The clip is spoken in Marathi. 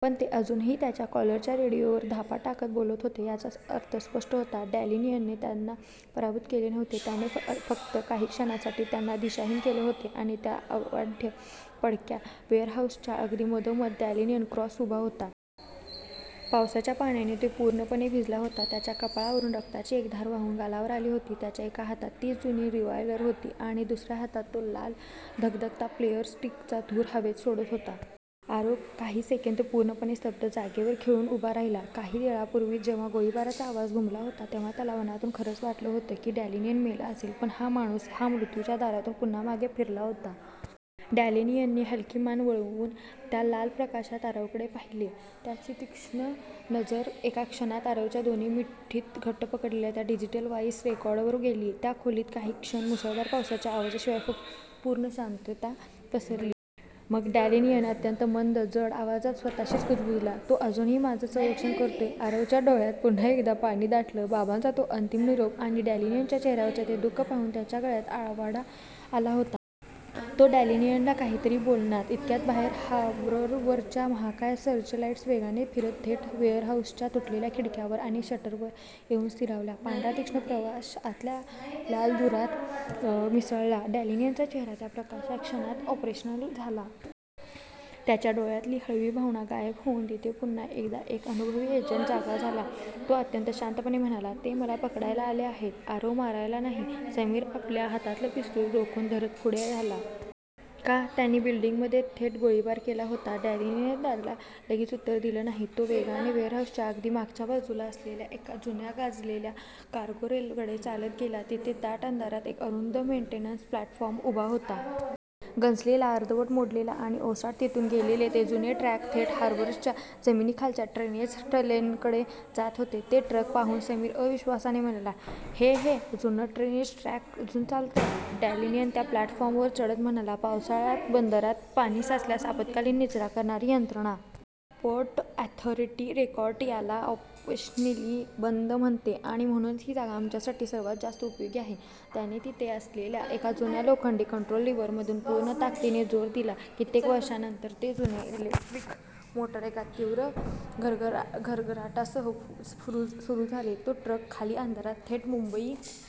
पण ते अजूनही त्यांच्या कॉलरच्या रेडिओवर धापा टाकत बोलत होते. याचा अर्थ स्पष्ट होता: डॅनियलने त्यांना पराभूत केले नव्हते. त्याने फक्त काही क्षणांसाठी त्यांना दिशाहीन केले होते. आणि त्या अवाढव्य, पडक्या वेअरहाऊसच्या अगदी मधोमध, डॅनियल क्रॉस उभा होता. पावसाच्या पाण्याने तो पूर्णपणे भिजला होता. त्याच्या कपाळावरून रक्ताची एक धार वाहून गालावर आली होती. त्याच्या एका हातात तीच जुनी रिव्हॉल्वर होती. आणि दुसऱ्या हातातून तो लाल, धगधगता फ्लेअर स्टिकचा धूर हवेत सोडत होता. आरव काही सेकंद पूर्णपणे स्तब्ध, जागेवर खिळून उभा राहिला. काही वेळापूर्वी जेव्हा गोळीबाराचा आवाज घुमला होता, तेव्हा त्याला मनातून खरंच वाटलं होतं की डॅनियल मेला असेल. पण हा माणूस... हा मृत्यूच्या दारातून पुन्हा मागे फिरला होता. डॅनियलने हलकी मान वळवून त्या लाल प्रकाशात आरवकडे पाहिले. त्याची तीक्ष्ण नजर एका क्षणात आरवच्या दोन्ही मुठींत घट्ट पकडलेल्या त्या डिजिटल व्हाईस रेकॉर्डरवर गेली. त्या खोलीत काही क्षण मुसळधार पावसाच्या आवाजाशिवाय पूर्ण शांतता पसरली. मग... डॅनियल अत्यंत मंद, जड आवाजात स्वतःशीच कुजबुजला, "तो अजूनही, माझं संरक्षण करतोय. " आरवच्या डोळ्यांत पुन्हा एकदा पाणी दाटलं. बाबांचा तो अंतिम निरोप आणि डॅनियलच्या चेहऱ्यावरचं ते दुःख पाहून त्याच्या गळ्यात आवंढा आला होता. तो डॅनियलला काहीतरी बोलणार, इतक्यात बाहेर हार्बरवरच्या महाकाय सर्चलाईट्स वेगाने फिरत थेट वेअरहाऊसच्या तुटलेल्या खिडक्यांवर आणि शटरवर येऊन स्थिरावल्या. पांढरा तीक्ष्ण प्रकाश आतल्या लाल धुरात मिसळला. डॅनियलचा चेहरा त्या प्रकाशात क्षणात 'ऑपरेशनल' झाला. त्याच्या डोळ्यांतली हळवी भावना गायब होऊन तिथे पुन्हा एकदा एक अनुभवी एजंट जागा झाला. तो अत्यंत शांतपणे म्हणाला, "ते मला पकडायला आले आहेत, आरव, मारायला नाही. " समीर आपल्या हातातलं पिस्तूल रोखून धरत पुढे झाला. "का? त्यांनी तर बिल्डिंगमध्ये थेट गोळीबार केला होता! " डॅनियलने त्याला लगेच उत्तर दिलं नाही. तो वेगाने वेअरहाऊसच्या अगदी मागच्या बाजूला असलेल्या एका जुन्या, गंजलेल्या 'कार्गो रेल' कडे चालत गेला. तिथे दाट अंधारात एक अरुंद मेंटेनन्स प्लॅटफॉर्म उभा होता. गंजलेला, अर्धवट मोडलेला आणि ओसाड. तिथून गेलेले ते जुने ट्रॅक थेट हार्बरच्या जमिनीखालच्या ड्रेनेज टनेलकडे जात होते. ते ट्रॅक पाहून समीर अविश्वासाने म्हणाला, "हे... हे जुनं ड्रेनेज ट्रॅक अजून चालतं? " डॅनियल त्या प्लॅटफॉर्मवर चढत म्हणाला, " पावसाळ्यात बंदरात पाणी साचल्यास आपत्कालीन निचरा करणारी यंत्रणा. पोर्ट ऑथॉरिटी रेकॉर्डवर याला ऑफिशियली बंद म्हणते, आणि म्हणूनच ही जागा आमच्यासाठी सर्वात जास्त उपयोगी आहे. " त्याने तिथे असलेल्या एका जुन्या, लोखंडी कंट्रोल लिव्हरवर पूर्ण ताकदीने जोर दिला. कित्येक वर्षांनंतर ते जुने इलेक्ट्रिक मोटर एका तीव्र घरघराटासह सुरू झाले. तो ट्रॅक खाली अंधारात, थेट मुंबई--